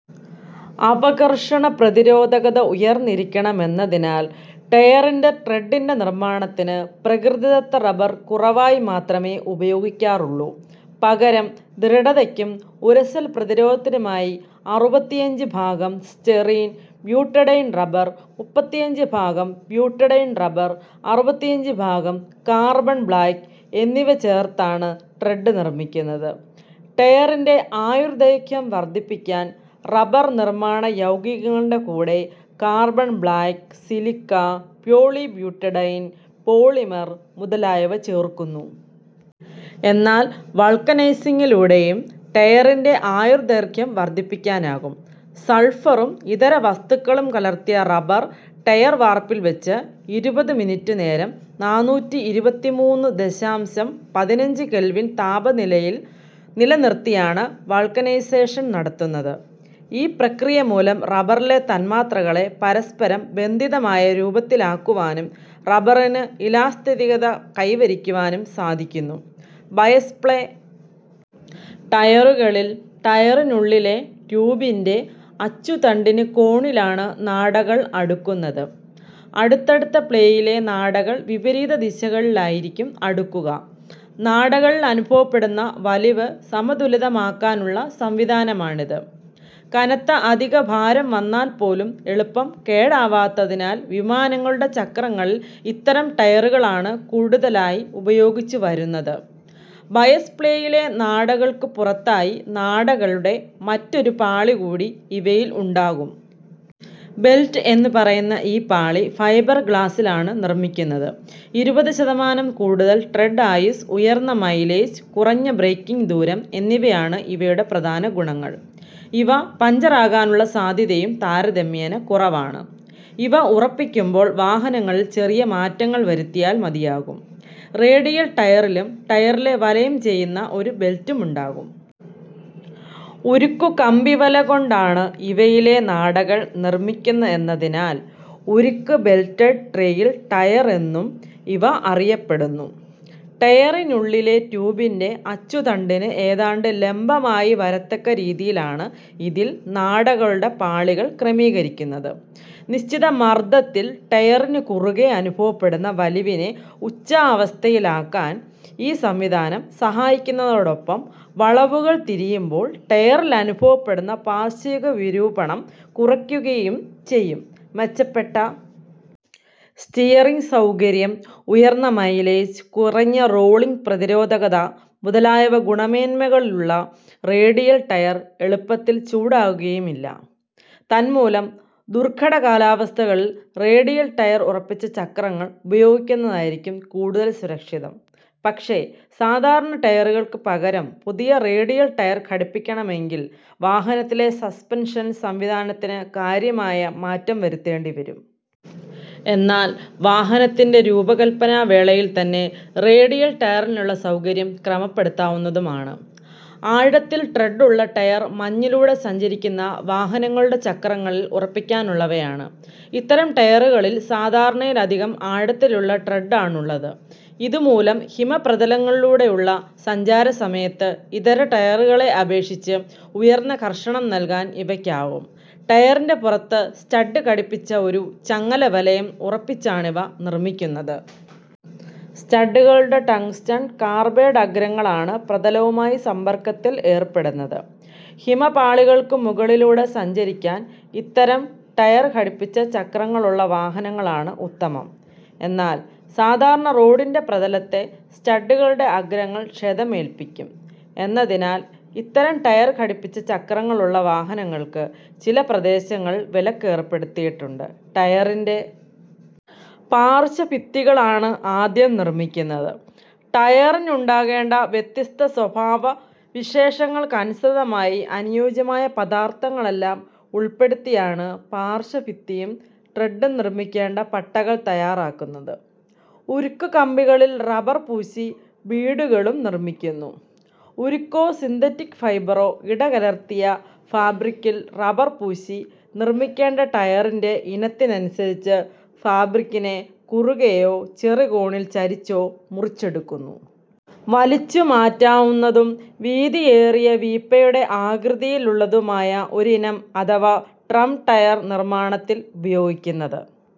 അപഘർഷണ പ്രതിരോധകത ഉയർന്നിരിക്കണമെന്നതിനാൽ, ടയറിൻ്റെ ട്രെഡ്ഡിൻ്റെ നിർമ്മാണത്തിന് പ്രകൃതിദത്ത റബർ കുറവായി മാത്രമേ ഉപയോഗിക്കാറുള്ളൂ. പകരം, ദൃഢതയ്ക്കും ഉരസൽ പ്രതിരോധത്തിനുമായി അറുപത്തിയഞ്ച് ഭാഗം സ്റ്റൈറീൻ-ബ്യൂട്ടഡൈൻ റബർ, മുപ്പത്തിയഞ്ച് ഭാഗം ബ്യൂട്ടഡൈൻ റബർ, അറുപത്തിയഞ്ച് ഭാഗം കാർബൺ ബ്ലാക്ക് എന്നിവ ചേർത്താണ് ട്രെഡ് നിർമ്മിക്കുന്നത്. ടയറിൻ്റെ ആയുർദൈർഘ്യം വർധിപ്പിക്കാൻ റബർ നിർമ്മാണയൗഗികങ്ങളുടെ കൂടെ carbon black, silica, polybutadiene polymer മുതലായവ ചേർക്കുന്നു. എന്നാൽ, വൾക്കനൈസിങ്ങിലൂടെയും ടയറിൻ്റെ ആയുർദൈർഘ്യം വർധിപ്പിക്കാനാകും. സൾഫറും ഇതര വസ്തുക്കളും കലർത്തിയ റബർ, ടയർ വാർപ്പിൽ വച്ച് ഇരുപത് മിനിറ്റുനേരം നാനൂറ്റിയിരുപത്തിമൂന്ന് ദശാംശം പതിനഞ്ച് കെൽവിൻ താപനിലയിൽ നിലനിർത്തിയാണ് വൾക്കനൈസേഷൻ നടത്തുന്നത്. ഈ പ്രക്രിയമൂലം റബറിലെ തന്മാത്രകളെ പരസ്പരം ബന്ധിതമായ രൂപത്തിലാക്കുവാനും റബറിന് ഇലാസ്തികത കൈവരിക്കുവാനും സാധിക്കുന്നു. ബയസ്-പ്ലൈ ടയറുകളിൽ, ടയറിനുള്ളിലെ ട്യൂബിൻ്റെ അച്ചുതണ്ടിന് കോണിലാണ് നാടകൾ അടുക്കുന്നത്. അടുത്തടുത്ത പ്ലൈയിലെ നാടകൾ വിപരീത ദിശകളിലായിരിക്കും അടുക്കുക. നാടകളിൽ അനുഭവപ്പെടുന്ന വലിവ് സമതുലിതമാക്കാനുള്ള സംവിധാനമാണിത്. കനത്ത അധികഭാരം വന്നാൽ പോലും എളുപ്പം കേടാവാത്തതിനാൽ, വിമാനങ്ങളുടെ ചക്രങ്ങളിൽ ഇത്തരം ടയറുകളാണ് കൂടുതലായി ഉപയോഗിച്ചുവരുന്നത്. ബയസ്-പ്ലൈയിലെ നാടകൾക്കു പുറത്തായി നാടകളുടെ മറ്റൊരു പാളി കൂടി ഇവയിൽ ഉണ്ടാകും. ബെൽറ്റ് എന്നു പറയുന്ന ഈ പാളി ഫൈബർഗ്ലാസിലാണ് നിർമ്മിക്കുന്നത്. ഇരുപത് ശതമാനം കൂടുതൽ ട്രെഡ്-ആയുസ്സ്, ഉയർന്ന മൈലേജ്, കുറഞ്ഞ ബ്രേക്കിങ് ദൂരം എന്നിവയാണ് ഇവയുടെ പ്രധാന ഗുണങ്ങൾ. ഇവ പഞ്ചറാകാനുള്ള സാധ്യതയും താരതമ്യേന കുറവാണ്. ഇവ ഉറപ്പിക്കുമ്പോൾ വാഹനങ്ങളിൽ ചെറിയ മാറ്റങ്ങൾ വരുത്തിയാൽ മതിയാകും. റേഡിയൽ ടയറിലും ടയറിനെ വലയം ചെയ്യുന്ന ഒരു ബെൽറ്റുണ്ടാവും. ഉരുക്കുകമ്പിവല കൊണ്ടാണ് ഇവയിലെ നാടകൾ നിർമ്മിക്കുന്നതെന്നതിനാൽ, ഉരുക്ക്-ബെൽറ്റഡ് റേഡിയൽ ടയർ എന്നും ഇവ അറിയപ്പെടുന്നു. ടയറിനുള്ളിലെ ട്യൂബിൻ്റെ അച്ചുതണ്ടിന് ഏതാണ്ട് ലംബമായി വരത്തക്ക രീതിയിലാണ് ഇതിൽ നാടകളുടെ പാളികൾ ക്രമീകരിക്കുന്നത്. നിശ്ചിത മർദ്ദത്തിൽ ടയറിനു കുറുകെ അനുഭവപ്പെടുന്ന വലിവിനെ ഉച്ചാവസ്ഥയിലാക്കാൻ ഈ സംവിധാനം സഹായിക്കുന്നതോടൊപ്പം, വളവുകൾ തിരിയുമ്പോൾ ടയറിൽ അനുഭവപ്പെടുന്ന പാർശ്വിക വിരൂപണം കുറയ്ക്കുകയും ചെയ്യും. മെച്ചപ്പെട്ട സ്റ്റിയറിങ് സൗകര്യം, ഉയർന്ന മൈലേജ്, കുറഞ്ഞ റോളിങ് പ്രതിരോധകത മുതലായ ഗുണമേന്മകളുള്ള റേഡിയൽ ടയർ എളുപ്പത്തിൽ ചൂടാകുകയുമില്ല. തന്മൂലം, ദുർഘട കാലാവസ്ഥകളിൽ റേഡിയൽ ടയർ ഉറപ്പിച്ച ചക്രങ്ങൾ ഉപയോഗിക്കുന്നതായിരിക്കും കൂടുതൽ സുരക്ഷിതം. പക്ഷേ, സാധാരണ ടയറുകൾക്കു പകരം പുതിയ റേഡിയൽ ടയർ ഘടിപ്പിക്കണമെങ്കിൽ, വാഹനത്തിലെ സസ്പെൻഷൻ സംവിധാനത്തിന് കാര്യമായ മാറ്റം വരുത്തേണ്ടിവരും. എന്നാൽ, വാഹനത്തിൻ്റെ രൂപകൽപ്പനാവേളയിൽത്തന്നെ റേഡിയൽ ടയറിനുള്ള സൗകര്യം ക്രമപ്പെടുത്താവുന്നതുമാണ്. ആഴത്തിൽ ട്രെഡ്ഡുള്ള ടയർ മഞ്ഞിലൂടെ സഞ്ചരിക്കുന്ന വാഹനങ്ങളുടെ ചക്രങ്ങളിൽ ഉറപ്പിക്കാനുള്ളവയാണ്. ഇത്തരം ടയറുകളിൽ സാധാരണയിലധികം ആഴത്തിലുള്ള ട്രെഡ്ഡാണുള്ളത്. ഇതുമൂലം, ഹിമപ്രതലങ്ങളിലൂടെയുള്ള സഞ്ചാരസമയത്ത് ഇതര ടയറുകളെ അപേക്ഷിച്ച് ഉയർന്ന ഘർഷണം നൽകാൻ ഇവയ്ക്കാവും. ടയറിൻ്റെ പുറത്ത് സ്റ്റഡ്ഡ് ഘടിപ്പിച്ച ഒരു ചങ്ങലവലയം ഉറപ്പിച്ചാണിവ നിർമ്മിക്കുന്നത്. സ്റ്റഡ്ഡുകളുടെ ടങ്സ്റ്റൺ കാർബൈഡ് അഗ്രങ്ങളാണ് പ്രതലവുമായി സമ്പർക്കത്തിൽ ഏർപ്പെടുന്നത്. ഹിമപാളികൾക്കു മുകളിലൂടെ സഞ്ചരിക്കാൻ ഇത്തരം ടയർ ഘടിപ്പിച്ച ചക്രങ്ങളുള്ള വാഹനങ്ങളാണ് ഉത്തമം. എന്നാൽ, സാധാരണ റോഡിൻ്റെ പ്രതലത്തെ സ്റ്റഡ്ഡുകളുടെ അഗ്രങ്ങൾ ക്ഷതമേൽപ്പിക്കും എന്നതിനാൽ, ഇത്തരം ടയർ ഘടിപ്പിച്ച ചക്രങ്ങളുള്ള വാഹനങ്ങൾക്ക് ചില പ്രദേശങ്ങളിൽ വിലക്ക് ഏർപ്പെടുത്തിയിട്ടുണ്ട്. ടയറിൻ്റെ പാർശ്വഭിത്തികളാണ് ആദ്യം നിർമ്മിക്കുന്നത്. ടയറിന് ഉണ്ടാകേണ്ട വ്യത്യസ്ത സ്വഭാവവിശേഷങ്ങൾക്കനുസൃതമായി അനുയോജ്യമായ പദാർഥങ്ങളെല്ലാം ഉൾപ്പെടുത്തിയാണ് പാർശ്വഭിത്തിയും ട്രെഡ്ഡും നിർമ്മിക്കേണ്ട പട്ടകൾ തയ്യാറാക്കുന്നത്. ഉരുക്കുകമ്പികളിൽ റബർ പൂശി ബീഡുകളും നിർമ്മിക്കുന്നു. ഉരുക്കോ സിന്തറ്റിക് ഫൈബറോ ഇടകലർത്തിയ ഫാബ്രിക്കിൽ റബർ പൂശി, നിർമ്മിക്കേണ്ട ടയറിൻ്റെ ഇനത്തിനനുസരിച്ച് ഫാബ്രിക്കിനെ കുറുകെയോ ചെറിയ കോണിൽ ചരിച്ചോ മുറിച്ചെടുക്കുന്നു. വലിച്ചുമാറ്റാവുന്നതും വീതിയേറിയ വീപ്പയുടെ ആകൃതിയിലുള്ളതുമായ ഒരിനം അഥവാ ഡ്രം ടയർ നിർമ്മാണത്തിൽ ഉപയോഗിക്കുന്നത്